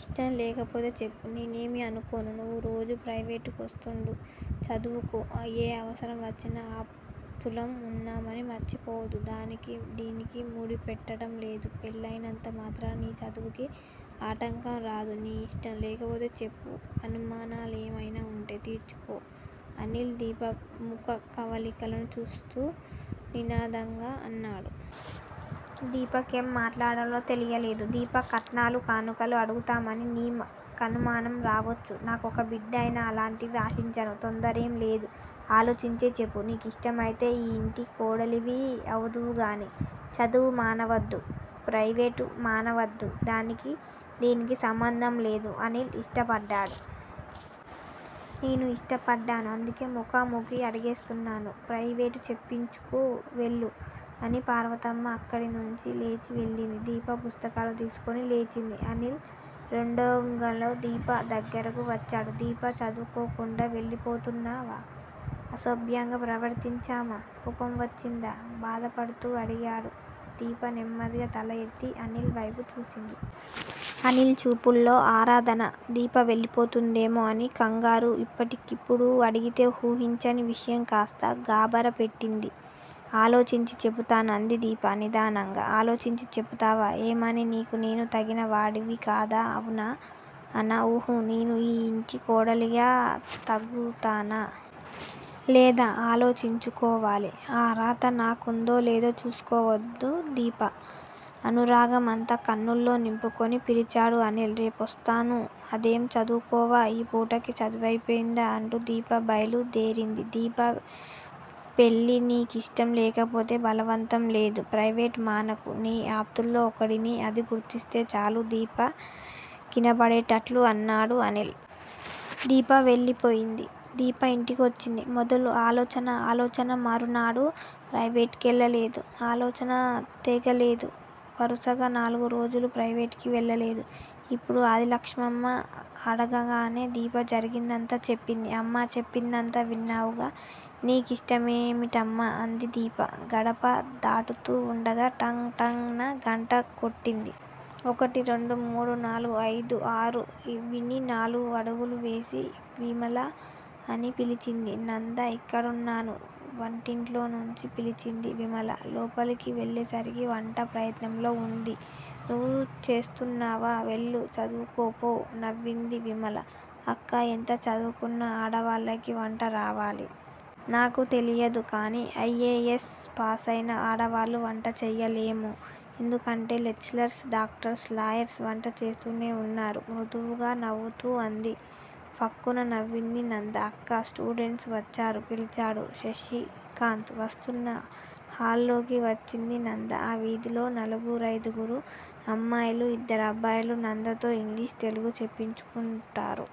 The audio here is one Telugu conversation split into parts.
ఇష్టంలేకపోతే చెప్పు. నేనేమీ అనుకోను. నువ్వు రోజూ ప్రవేటు కొస్తూండు. చదువుకో, ఏ అవసరం వచ్చినా ఆప్తులం ఉన్నామని మర్చిపోవద్దు. దానికీ దీనికీ ముడి పెట్టటంలేదు. పెళ్ళయినంత మాత్రాన నీ చదువుకి ఆటంకరాదు. నీకిష్టం లేకపోతే చెప్పు, అనుమానాలేమయినా వుంటే తీర్చుకో అనిల్ దీప ముఖకవళికలను చూస్తూ నినాదంగా అన్నాడు. దీపకేం మాట్లాడాలో తెలియలేదు. దీపా! కట్నాలు కానుకలు అడుగుతామని నీ కనుమానం రావచ్చు. నాకొక్క బిడ్డయినా అలాంటివి ఆశించను, తొందరేంలేదు ఆలోచించే చెప్పు. నీ కిష్టమైతే ఈ ఇంటి కోడలివి అవుదువుగాని, చదువు మానవద్దు, ప్రవేటు మానవద్దు. దానికీ దీనికీ సంబంధం లేదు. అనిల్ ఇష్టపడ్డాడు. నేను ఇష్టపడ్డాను. అందుకే ముఖాముఖి అడిగేస్తున్నాను. ప్రయివేటు చెప్పించుకో వెళ్ళు. అని పార్వతమ్మ అక్కడినుంచి లేచి వెళ్ళింది. దీప పుస్తకాలు తీసుకుని లేచింది. అనిల్ రెండోగల్లో దీప దగ్గరకు వచ్చాడు. దీపా! చదువుకోకుండా వెళ్ళిపోతున్నావా? అసభ్యంగా ప్రవర్తించామా? కోపం వచ్చిందా? బాధపడుతూ అడిగాడు. దీప నెమ్మదిగా తల ఎత్తి అనిల్ వైపు చూసింది. అనిల్ చూపుల్లో ఆరాధన, దీప వెళ్ళిపోతుందేమో అనే కంగారు. ఇప్పటికిప్పుడు అడిగితే ఊహించని విషయం కాస్త గాభరా పెట్టింది, ఆలోచించి చెపుతాను అంది దీప నిదానంగా. ఆలోచించి చెపుతావా! ఏమని? నీకు నేను తగిన వాడివి కాదా. అవునా! అనా? ఉహూ! నేను ఈ యింటి కోడలిగా తగుతానా! లేదా! ఆలోచించు కోవాలి. ఆ అర్హత నాకుందో లేదో చూసుకోవద్దు దీపా! అనురాగమంతా కన్నుల్లో నింపుకుని పిలిచాడు అనిల్. రేపొస్తాను అదేం చదువుకోవా! ఈ పూటకి చదువయిపోయింది అంటూ దీప బైలు దేరింది. దీపా! పెళ్ళి నీ కిష్టం లేకపోతే బలవంతంలేదు. ప్రవేటు మానకు. నీ ఆప్తుల్లో ఒకడిని అది గుర్తిస్తే చాలు దీప కినపడేటట్లు అన్నాడు అనిల్. దీప వెళ్ళిపోయింది. దీప ఇంటికొచ్చింది మొదలు ఆలోచన ఆలోచన. మరునాడు ప్రవేటు కెళ్ళలేదు. ఆలోచన తెగలేదు వరసగా నాలుగు రోజులు ప్రవేటుకి వెళ్ళలేదు. ఇప్పుడు ఆదిలక్ష్మమ్మ అడగగానే దీప జరిగిందంతా చెప్పింది. అమ్మా! చెప్పిందంతా విన్నావుగా?! నీ కిష్టమేమిటమ్మ! అంది దీప. గడప దాటుతూవుండగా టంగ్ టంగ్ న గంట కొట్టింది. ఒకటి, రెండు, మూడు, నాలుగు, ఐదు, ఆరు విని నాలుగు అడుగులు వేసి విమల! అని పిలిచింది నంద. ఇక్కడున్నాను! వంటింట్లోనుంచి పిలిచింది విమల. లోపలికి వెళ్ళేసరికి వంట ప్రయత్నంలో వుంది. నువ్వు చేస్తున్నావా? వెళ్ళు! చదువుకో పో! నవ్వింది విమల. అక్క! ఎంత చదువుకున్నా ఆడవాళ్ళకి వంటరావాలి! నాకు తెలియదు కానీ ఐ. ఏ. ఎస్. పాసైనా ఆడవాళ్ళు వంట చేయాలేమో! ఎందుకంటే లెక్చరర్స్, డాక్టర్స్, లాయర్స్ వంట చేస్తూనే వున్నారు! మృదువుగా నవ్వుతూ అంది. ఫక్కున నవ్వింది నంద. అక్కా! స్టూడెంట్స్ వచ్చారు! పిలిచాడు శశికాంత్. వస్తున్నా! హాల్లోకి వచ్చింది నంద. ఆ వీధిలో నలుగురైదుగురు అమ్మాయిలు, ఇద్దరబ్బాయిలు నందతో ఇంగ్లీషు, తెలుగు చెప్పించుకుంటారు.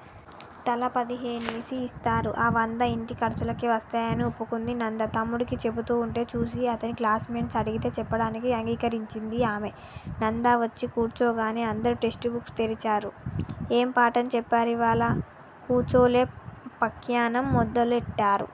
తలా పదిహేనేసి ఇస్తారు. ఆ వంద ఇంటి ఖర్చులకి వస్తాయని ఒప్పుకుంది నంద. తమ్ముడికి చెబుతూ వుంటే చూసి అతని క్లాస్ మేట్స్ అడిగితే చెప్పడానికి అంగీకరించింది ఆమె. నంద వచ్చి కూర్చోగానే అందరూ టెస్ట్ బుక్స్ తెరిచారు. ఏం పాఠం చెప్పారివాళ? కుచోలె పఖ్యానం మొదలెట్టారు!